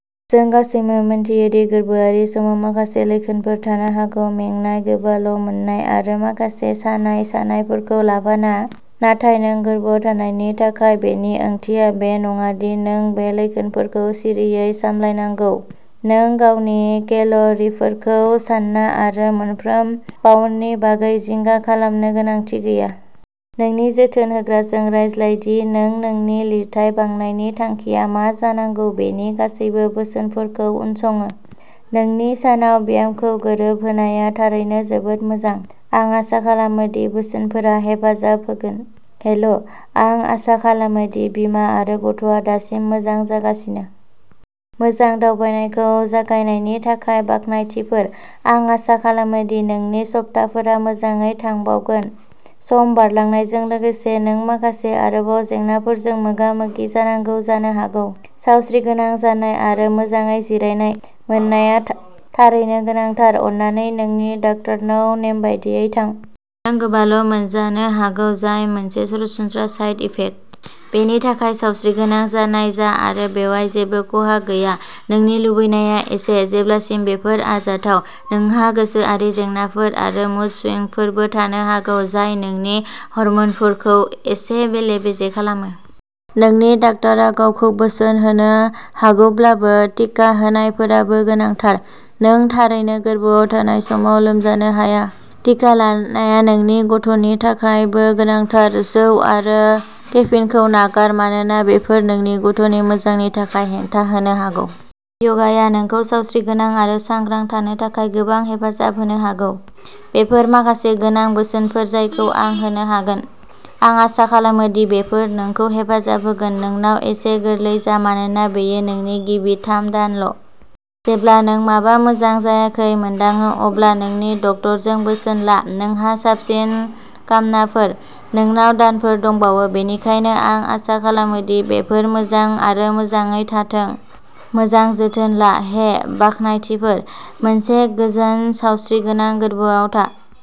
जों गासैबो मिथियो दि गोर्बोआरि समाव माखासे लैखोनफोर थानो हागौ। मेंनाय, गोबाल'मोननाय, आरो माखासे सानाय-सानायफोरखौ लाफाना। नाथाय नों गोर्बोआव थानायनि थाखाय, बेनि ओंथिया बे नङा दि नों बै लैखोनफोरखौ सिरिङै सामलायनांगौ। नों गावनि केल'रिफोरखौ सान्ना आरो मोनफ्रोम पाउन्दनि बागै जिंगा खालामनो गोनांथि गैया। नोंनि जोथोन होग्राजों रायज्लाय दि नों नोंनि लिरथाय बांनायनि थांखिआ मा जानांगौ बेनि गासैबो बोसोनफोरखौ उनसङो। नोंनि सानाव ब्यामखौ गोरोबहोनाया थारैनो जोबोद मोजां। आं आसा खालामो दि बोसोनफोरा हेफाजाब होगोन। हेलो! आं आसा खालामो दि बिमा आरो गथ'आ दासिम मोजां जागासिनो! मोजां दावबायनायखौ जागायनायनि थाखाय बाख्नायथिफोर। आं आसा खालामो दि नोंनि सप्ताफोरा मोजाङै थांबावगोन। सम बारलांनायजों लोगोसे नों माखासे आरोबाव जेंनाफोरजों मोगा-मोगि जानांगौ जानो हागौ। सावस्रिगोनां जानाय आरो मोजाङै जिरायनाय मोननाया थारैनो गोनांथार। अन्नानै नोंनि डाक्टारनाव नेमबादियै थां। नों गोबाल'मोनजानो हागौ जाय मोनसे सरासनस्रा साइड इफेक्ट, बेनि थाखाय सावस्रिगोनां जानाय जा आरो बेयाव जेबो खहा गैया। नोंनि लुबैनाया एसे। जेब्लासिम बेफोर आरजाथाव। नोंहा गोसोआरि जेंनाफोर आरो मुड स्विंगफोरबो थानो हागौ, जाय नोंनि हर्मोनफोरखौ एसे बेले-बेजे खालामो। नोंनि डाक्टारा गावखौ बोसोन होनो हागौब्लाबो, टिका होनायफोराबो गोनांथार। नों थारैनो गोर्बोआव थानाय समाव लोमजानो हाया। टिका लानाया नोंनि गथ'नि थाखायबो गोनांथार। जौ आरो केफिनखौ नागार मानोना बेफोर नोंनि गथ'नि मोजांनि थाखाय हेंथा होनो हागौ। य'गाया नोंखौ सावस्रिगोनां आरो सांग्रां थानो थाखाय गोबां हेफाजाब होनो हागौ। बेफोर माखासे गोनां बोसोनफोर जायखौ आं होनो हागोन। आं आसा खालामो दि बेफोर नोंखौ हेफाजाब होगोन। नोंगाव एसे गोरलै जा मानोना बेयो नोंनि गिबि थाम-दानल'। जेब्ला नों माबा मोजां जायाखै मोनदाङो अब्ला नोंनि डक्ट'रजों बोसोन ला। नोंहा साबसिन कामनाफोर। नोंनाव दानफोर दंबावो, बेनिखायनो आं आसा खालामो दि बेफोर मोजां आरो मोजाङै थांथों। मोजां जोथोन ला! हे, बाख्नायथिफोर!!! मोनसे गोजोन सावस्रिगोनां गोर्बोआव था।